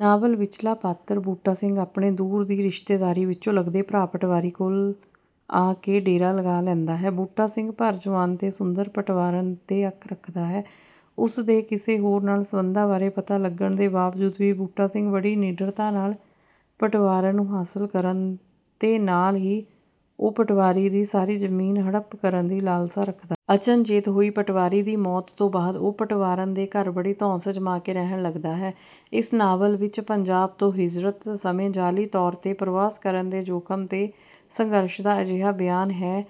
Novel ਵਿੱਚਲਾ ਪਾਤਰ ਬੂਟਾ ਸਿੰਘ ਆਪਣੇ ਦੂਰ ਦੀ ਰਿਸ਼ਤੇਦਾਰੀ ਵਿੱਚੋਂ ਲਗਦੇ ਭਰਾ ਪਟਵਾਰੀ ਕੋਲ ਆ ਕੇ ਡੇਰਾ ਲਗਾ ਲੈਂਦਾ ਹੈ। ਬੂਟਾ ਸਿੰਘ ਭਰ ਜੁਆਨ ਤੇ ਸੁੰਦਰ ਪਟਵਾਰਨ ਤੇ ਅੱਖ ਰੱਖਦਾ ਹੈ। ਉਸਦੇ ਕਿਸੇ ਹੋਰ ਨਾਲ ਸਬੰਧਾਂ ਬਾਰੇ ਪਤਾ ਲੱਗਣ ਦੇ ਬਾਵਜੂਦ ਵੀ ਬੂਟਾ ਸਿੰਘ ਬੜੀ ਨਿੱਡਰਤਾ ਨਾਲ ਪਟਵਾਰਨ ਨੂੰ ਹਾਸਲ ਕਰਨ ਤੇ ਨਾਲ ਹੀ ਉਹ ਪਟਵਾਰੀ ਦੀ ਸਾਰੀ ਜ਼ਮੀਨ ਹੜੱਪ ਕਰਨ ਦੀ ਲਾਲਸਾ ਰੱਖਦਾ ਹੈ। ਅਚਨਚੇਤ ਹੋਈ ਪਟਵਾਰੀ ਦੀ ਮੌਤ ਤੋਂ ਬਾਅਦ ਉਹ ਪਟਵਾਰਨ ਦੇ ਘਰ ਬੜੀ ਧੌਂਸ ਜਮਾ ਕੇ ਰਹਿਣ ਲੱਗਦਾ ਹੈ। ਇਸ ਨਾਵਲ ਵਿੱਚ ਪੰਜਾਬ ਤੋਂ ਹਿਜ਼ਰਤ ਸਮੇਂ ਜਾਅਲੀ ਤੌਰ ਤੇ ਪਰਵਾਸ ਕਰਨ ਦੇ ਜੋਖਮ ਤੇ ਸੰਘਰਸ਼ ਦਾ ਅਜਿਹਾ ਬਿਆਨ ਹੈ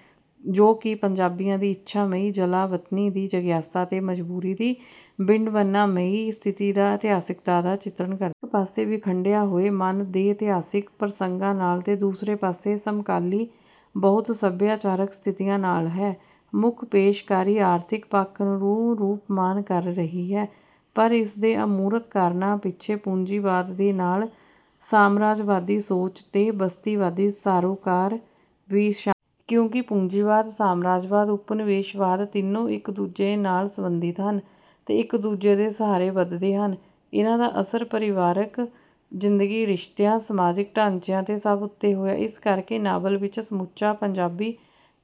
ਜੋ ਕੀ ਪੰਜਾਬੀਆਂ ਦੀ ਇੱਛਾਮਈ ਜਲਾਵਤਨੀ ਦੀ ਜਗਿਆਸਾ ਤੇ ਮਜ਼ਬੂਰੀ ਦੀ ਵਿੰਡਬਨਾਮਈ ਸਥਿਤੀ ਦੀ ਇਤਿਹਾਸਕਤਾ ਦਾ ਚਿਤਰਨ ਕਰਦਾ ਹੈ। ਇੱਕ ਪਾਸੇ ਵਿਖੰਡਿਆ ਹੋਏ ਮਨ ਦੇ ਇਤਿਹਾਸਕ ਪ੍ਰਸੰਗਾਂ ਨਾਲ ਤੇ ਦੂਸਰੇ ਪਾਸੇ ਸਮਕਾਲੀ ਬਹੁ ਸੱਭਿਆਚਾਰਕ ਸਥਿਤੀਆਂ ਨਾਲ ਹੈ। ਮੁੱਖ ਪੇਸ਼ਕਾਰੀ ਆਰਥਿਕ ਪੱਖ ਨੂੰ ਰੂਪਮਾਨ ਕਰ ਰਹੀ ਹੈ। ਪਰ ਇਸਦੇ ਅਮੂਰਤ ਕਾਰਨਾਂ ਪਿੱਛੇ ਪੂੰਜੀਵਾਦ ਦੇ ਨਾਲ ਸਾਮਰਾਜਵਾਦੀ ਸੋਚ ਤੇ ਬਸਤੀਵਾਦੀ ਸਰੋਕਾਰ ਵੀ ਸ਼ਾਮਿਲ ਹਨ। ਕਿਉਂਕਿ ਪੂੰਜੀਵਾਦ ਸਾਮਰਾਜਵਾਦ ਉਪਨਿਵੇਸ਼ਵਾਦ ਤਿੰਨੋ ਇੱਕ ਦੂਜੇ ਨਾਲ ਸੰਬੰਧਿਤ ਹਨ ਤੇ ਇੱਕ ਦੂਜੇ ਦੇ ਸਹਾਰੇ ਵਧਦੇ ਹਨ। ਇਨ੍ਹਾਂ ਦਾ ਅਸਰ ਪਰਿਵਾਰਕ ਜ਼ਿੰਦਗੀ ਰਿਸ਼ਤਿਆਂ ਸਮਾਜਿਕ ਢਾਂਚੇ ਤੇ ਸਭ ਉੱਤੇ ਹੋਇਆ। ਇਸ ਕਰਕੇ ਨਾਵਲ ਵਿੱਚ ਸਮੁੱਚਾ ਪੰਜਾਬੀ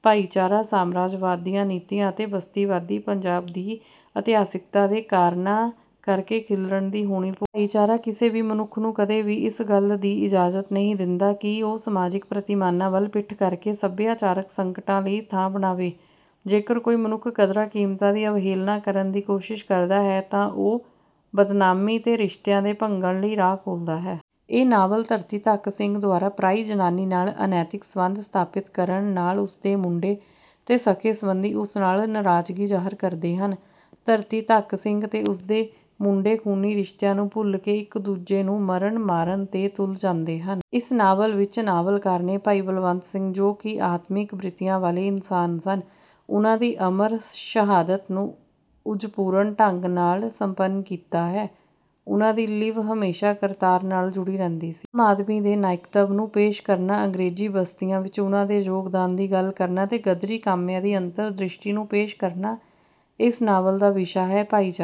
ਭਾਈਚਾਰਾ ਸਾਮਰਾਜਵਾਦ ਦੀਆਂ ਨੀਤੀਆਂ ਅਤੇ ਬਸਤੀਵਾਦੀ ਪੰਜਾਬ ਦੀ ਇਤਿਹਾਸਕਤਾ ਦੇ ਕਾਰਣਾਂ ਕਰਕੇ ਖਿਲਰਨ ਦੀ ਹੋਣੀ ਭੋਗਦਾ ਹੈ। ਭਾਈਚਾਰਾ ਕਿਸੇ ਵੀ ਮਨੁੱਖ ਨੂੰ ਕਦੇ ਵੀ ਇਸ ਗੱਲ ਦੀ ਇਜ਼ਾਜਤ ਨਹੀਂ ਦਿੰਦਾ ਕਿ ਉਹ ਸਮਾਜਿਕ ਪ੍ਰਤੀਮਾਨਾਂ ਵੱਲ ਪਿੱਠ ਕਰਕੇ ਸੱਭਿਆਚਾਰਕ ਸੰਕਟਾਂ ਲਈ ਥਾਂ ਬਣਾਵੇ। ਜੇਕਰ ਕੋਈ ਮਨੁੱਖ ਕਦਰਾਂ ਕੀਮਤਾਂ ਦੀ ਅਵਹੇਲਨਾ ਕਰਨ ਦੀ ਕੋਸ਼ਿਸ ਕਰਦਾ ਹੈ ਤਾਂ ਉਹ ਬਦਨਾਮੀ ਤੇ ਰਿਸ਼ਤਿਆਂ ਦੇ ਭੰਗਣ ਲਈ ਰਾਹ ਖੋਲਦਾ ਹੈ। ਇਹ ਨਾਵਲ ਧਰਤੀ ਧੱਕ ਸਿੰਘ ਦੁਆਰਾ ਪਰਾਈ ਜਨਾਨੀ ਨਾਲ ਅਨੈਤਿਕ ਸਬੰਧ ਸਥਾਪਤ ਕਰਨ ਨਾਲ ਉਸ ਦੇ ਮੁੰਡੇ ਤੇ ਸਕੇ ਸੰਬੰਧੀ ਉਸ ਨਾਲ ਨਰਾਜ਼ਗੀ ਜਾਹਰ ਕਰਦੇ ਹਨ। ਧਰਤੀ ਧੱਕ ਸਿੰਘ ਤੇ ਉਸਦੇ ਮੁੰਡੇ ਖੂਨੀ ਰਿਸ਼ਤਿਆਂ ਨੂੰ ਭੁੱਲ ਕੇ ਇੱਕ ਦੂਜੇ ਨੂੰ ਮਰਨ ਮਾਰਨ ਤੇ ਤੁੱਲ ਜਾਂਦੇ ਹਨ। ਇਸ ਨਾਵਲ ਵਿੱਚ ਨਾਵਲਕਾਰ ਨੇ ਭਾਈ ਬਲਵੰਤ ਸਿੰਘ ਜੋ ਕਿ ਆਤਮਿਕ ਬ੍ਰਿਤੀਆਂ ਵਾਲੇ ਇਨਸਾਨ ਸਨ। ਉਨ੍ਹਾਂ ਦੀ ਅਮਰ ਸ਼ਹਾਦਤ ਨੂੰ ਓਜਪੂਰਨ ਢੰਗ ਨਾਲ ਸੰਪੰਨ ਕੀਤਾ ਹੈ। ਉਨ੍ਹਾਂ ਦੀ ਲਿਵ ਹਮੇਸ਼ਾ ਕਰਤਾਰ ਨਾਲ ਜੁੜੀ ਰਹਿੰਦੀ ਸੀ। ਆਮ ਆਦਮੀ ਦੇ ਨਾਇਕਤਵ ਨੂੰ ਪੇਸ਼ ਕਰਨਾ ਅੰਗਰੇਜ਼ੀ ਬਸਤੀਆਂ ਵਿੱਚ ਉਹਨਾਂ ਦੇ ਯੋਗਦਾਨ ਦੀ ਗੱਲ ਕਰਨਾ ਤੇ ਗਦਰੀ ਕਾਮਿਆਂ ਦੀ ਅੰਤਰ ਦ੍ਰਿਸ਼ਟੀ ਨੂੰ ਪੇਸ਼ ਕਰਨਾ ਇਸ ਨਾਵਲ ਦਾ ਵਿਸ਼ਾ ਹੈ। ਭਾਈਚਾਰੇ ਤੇ।